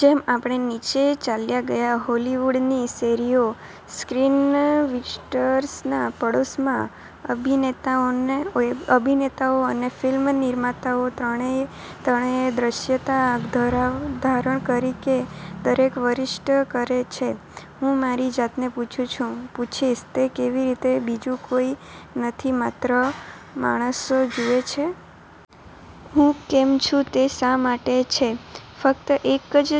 જેમ આપણે નીચે ચાલ્યા ગયા હોલીવૂડની શેરીઓ, સ્ક્રીનવીટર્સના પડોશમાં, અભિનેતાઓ અને ફિલ્મ નિર્માતાઓ, ત્રણેયએ અદ્રશ્યતા ધારણ કરી કે દરેક વરિષ્ઠ કરે છે. હું મારી જાતને પૂછીશ, "તે કેવી રીતે બીજું કોઈ નથી આ ત્રણ માણસો જુએ છે? હું કેમ છું તે શા માટે છે ફક્ત એક જ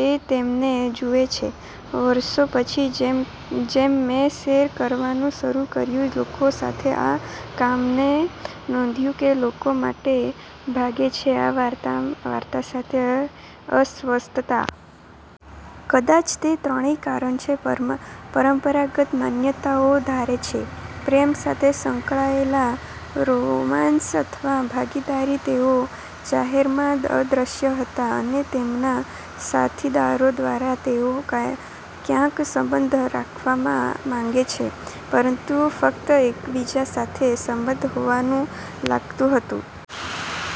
જે તેમને જુએ છે? " વર્ષો પછી, જેમ મેં શેર કરવાનું શરૂ કર્યું લોકો સાથે આ કામ, મેં નોંધ્યું કે લોકો મોટે ભાગે છે આ વાર્તા સાથે અસ્વસ્થતા. કદાચ તે ત્રણેય કારણ છે પરંપરાગત માન્યતાઓ ધારે છે પ્રેમ સાથે સંકળાયેલ, રોમાંસ અથવા ભાગીદારી. તેઓ જાહેરમાં અદ્રશ્ય હતા અને તેમના સાથીદારો દ્વારા. તેઓ ક્યાંક સંબંધ રાખવા માંગે છે પરંતુ ફક્ત એકબીજા સાથે સંબંધ હોવાનું લાગતું હતું.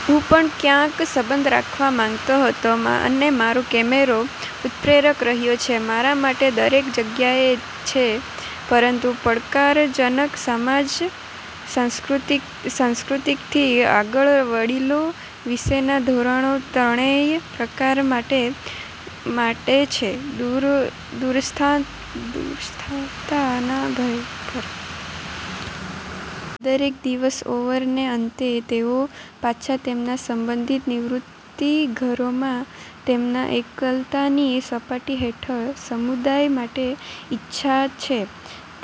હું પણ ક્યાંક સંબંધ રાખવા માંગતો હતો. અને મારો કૅમેરો ઉત્પ્રેરક રહ્યો છે મારા માટે દરેક જગ્યાએ છે. પરંતુ પડકારજનક સમાજ-સાંસ્કૃતિકથી આગળ વડીલો વિશેના ધોરણો, ત્રણેય પ્રકાશ પાડે છે દૂરસ્થતા ના ભય પર. દરેક દિવસ ઓવરને અંતે, તેઓ પાછા તેમના સંબંધિત નિવૃત્તિ ઘરોમાં. તેમના એકલતા ની સપાટી હેઠળ, સમુદાય માટે ઇચ્છા છે,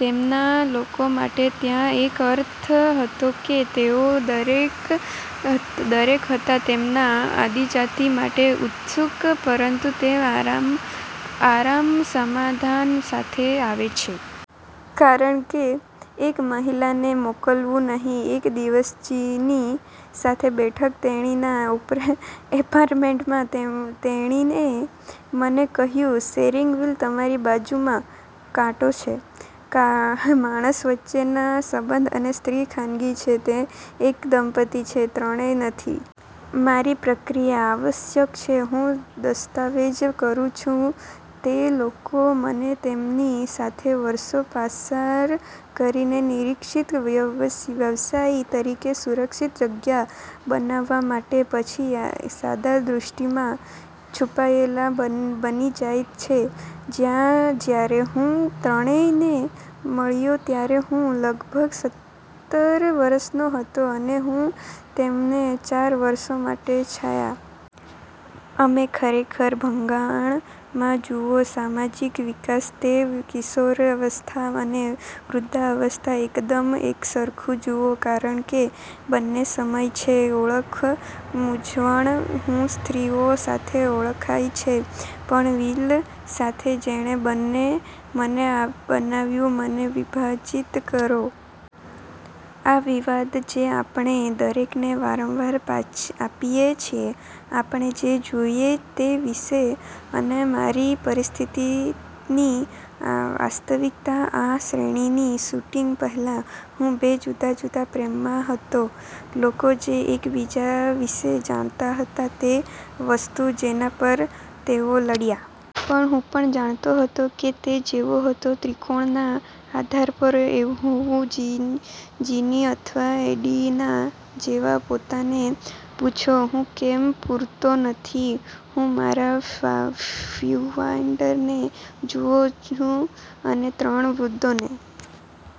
તેમના લોકો માટે. ત્યાં એક અર્થ હતો કે તેઓ દરેક હતા તેમના આદિજાતિ માટે ઉત્સુક, પરંતુ તે આરામ સમાધાન સાથે આવે છે,। કારણ કે એક મહિલાને મોકલવું નહીં. એક દિવસ જીની સાથે બેઠક તેણીના ઍપાર્ટમેન્ટમાં, તેણીએ મને કહ્યું, "શેરિંગ વીલ તમારી બાજુમાં કાંટો છે. માણસ વચ્ચેનો સંબંધ અને સ્ત્રી ખાનગી છે. તે એક દંપતિ છે, ત્રણેય નથી. " મારી પ્રક્રિયા આવશ્યક છે હું દસ્તાવેજ કરું છું તે લોકો બનો તેમની સાથે વર્ષો પસાર કરીને નિરીક્ષક-વ્યવસાયી તરીકે, સુરક્ષિત જગ્યા બનાવવા માટે, પછી સાદા દૃષ્ટિ માં છુપાયેલા બની જાય છે. જ્યારે હું ત્રણેયને મળ્યો ત્યારે હું લગભગ સત્તર વર્ષનો હતો, અને હું તેમને ચાર વર્ષ માટે છાયા. અમે ખરેખર, ભંગાણ માં જુઓ સામાજિક વિકાસ, તે કિશોરાવસ્થા અને વૃદ્ધાવસ્થા એકદમ એકસરખું જુઓ, કારણ કે બંને સમય છે ઓળખ મૂંઝવણ. હું સ્ત્રીઓ સાથે ઓળખાય છે. પણ વિલ સાથે, જેણે મને બનાવ્યું મને વિભાજીત કરો. આ વિવાદ જે આપણે દરેકને વારંવાર આપીએ છીએ આપણે જે જોઈએ તે વિશે અને અમારી પરિસ્થિતિની વાસ્તવિકતા. આ શ્રેણીની શૂટિંગ પહેલાં, હું બે જુદા જુદા પ્રેમમાં હતો લોકો જે એકબીજા વિશે જાણતા હતા, તે વસ્તુ જેના પર તેઓ લડ્યા. પણ હું પણ જાણતો હતો કે તે જેવો હતો ત્રિકોણના આધાર પર હોવું, જીની અથવા એડિના જેવા, પોતાને પૂછો, "હું કેમ પૂરતો નથી? " હું મારા વ્યુફાઈન્ડરને જોઉં છું અને ત્રણ વૃદ્ધોને